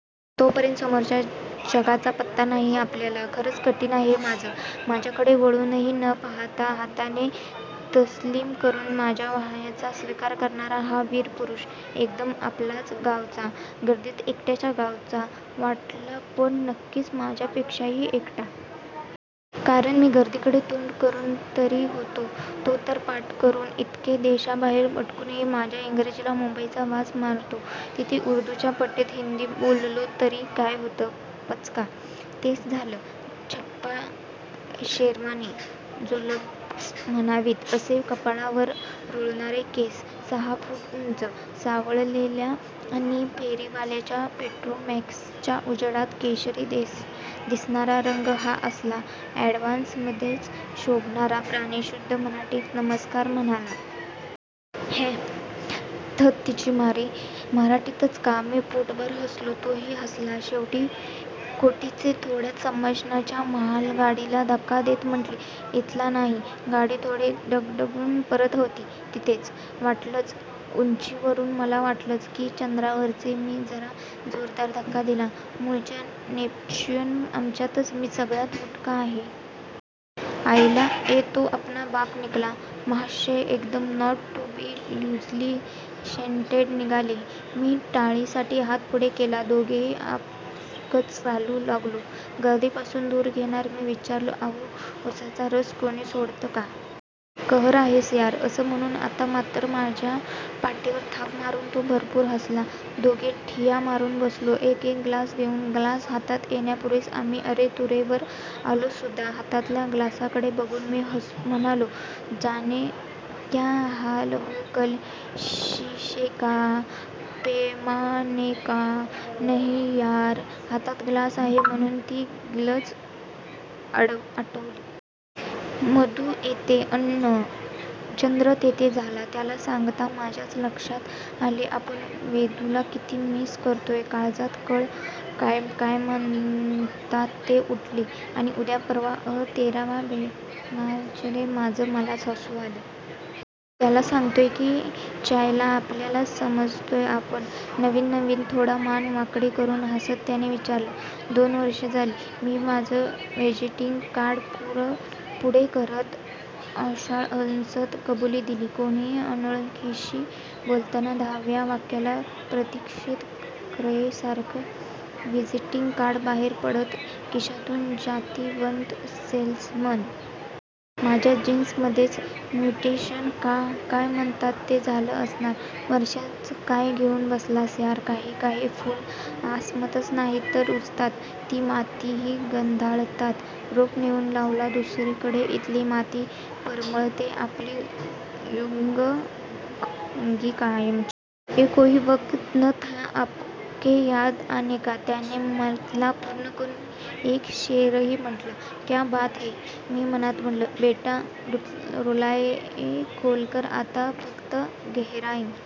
तोपर्यंत समोरच्या जगाचा पत्ता नाही आपल्याला. खरच कठीण आहे माझं. माझ्याकडे वळुनही न पहाता हाताने तस्लीम करून माझ्या वाहवाचा स्वीकार करणारा हा वीर पुरुष एकदम आपल्याच गावचा, 'गर्दीत एकट्यांच्या गावचा' वाटला. पण नक्कीच माझ्यापेक्षाही एकटा. कारण मी गर्दीकडे तोंड करूनतरी होतो, तो तर पाठ करून. इतकं देशाबाहेर भटकूनही माझ्या इंग्रजीला मुंबईचा वास मारतो तिथे उर्दूच्या पट्टीत हिंदी बोललो तर काय होतं? पचका! तेच झालं. झब्बा, शेरवानी, जुल्फंच म्हणावीत असे कपाळावर रुळणारे केस, सहा फूट उंच, सावळलेला आणि फेरीवाल्याच्या पेट्रोमॅक्सच्या उजेडात केशरी दिसणारा रंग हा असला अॅड्समध्येच शोभणारा प्राणी शुद्ध मराठीत, 'नमस्कार,' म्हणाला. "हॅ! धत तिच्या मारी, मराठीच का!! " मी पोटभर हसलो. तो ही हसलाच शेवटी. "कुठचे? " थोडा संभाषणाच्या मालगाडीला धक्का देत म्हटलं. "इथला नाही. " गाडी थोडी डगडगून परत होती तिथेच. "वाटलंच! उंची वरून मला वाटलंच, की चंद्रावरचे " मी जरा जोरदार धक्का दिला "मुळचा नेपच्यून, आमच्यात मी सगळ्यात बुटका आहे. " आयला ये तो अपना बाप निकला. महाशय एकदम 'not to be loosely shunted' निघाले. मी टाळीसाठी हात पुढे केला. दोघेही आपसूकच चालू लागलो, गर्दी पासून दूर. "घेणार? " मी विचारलं. "अहो, उसाचा रस कुणी सोडतं का? " "कहर आहेस, यार" अस म्हणून आता मात्रं माझ्या पाठीवर थाप मारून तो भरपूर हसला. दोघे ठिय्या मारून बसलो एक एक ग्लास घेऊन. ग्लास हातात येण्यापूर्वीच आम्ही अरे-तुरेवर आलोसुद्धा. हातातल्या ग्लासाकडे बघून मी म्हणालो "जाने क्या हाल हो कल शीशेका, पैमानेका, " "नाही यार, हातात ग्लास आहे म्हणून ती गझल आठवली. मधू इथे अन, चंद्र तिथे झालंय. " त्याला सांगताना माझ्याच लक्षात आलं आपण विदूला किती मिस करतोय. काळजात कळ का काय म्हणतात ती उठली. "आणि उद्या, परवा, अं. तेरवा भेटणारचये". माझं मलाच हसू आलं. त्याला सांगतोय की च्यायला आपल्यालाच समजावतोय आपण? "नवीन नवीन? " थोडी मान वाकडी करून हसत त्याने विचारलं. "दोन वर्ष झाली, " मी माझं व्हिजिटिंग कार्ड पुढे करत, ओशाळं हसंत कबुली दिली. कुणाही अनोळखीशी बोलताना दहाव्या वाक्याला प्रतिक्षिप्त क्रियेसारखं व्हिजिटिंग कार्ड बाहेर पडतं खिशातून जातिवंत सेल्समन! माझ्या जीन्स मध्येच म्युटेशन का काय म्हणतात ते झालं असणार. "वर्षांचं काय घेऊन बसलास यार, काही काही फुलं आसमंतच नाही तर रुजतात ती मातीही गंधाळतात. रोप नेऊन लावा दुसरीकडे, इथली माती परमळतेय आपली युगंनयुगं कायमची. " ये कोई वक्त न था आपके याद आने का" त्याने मतला पूर्ण करून एक शेरही म्हटला. "क्या बात है" मी मनात म्हटलं. "बेटा रुतलाय खोलवर आता फक्त गहराई--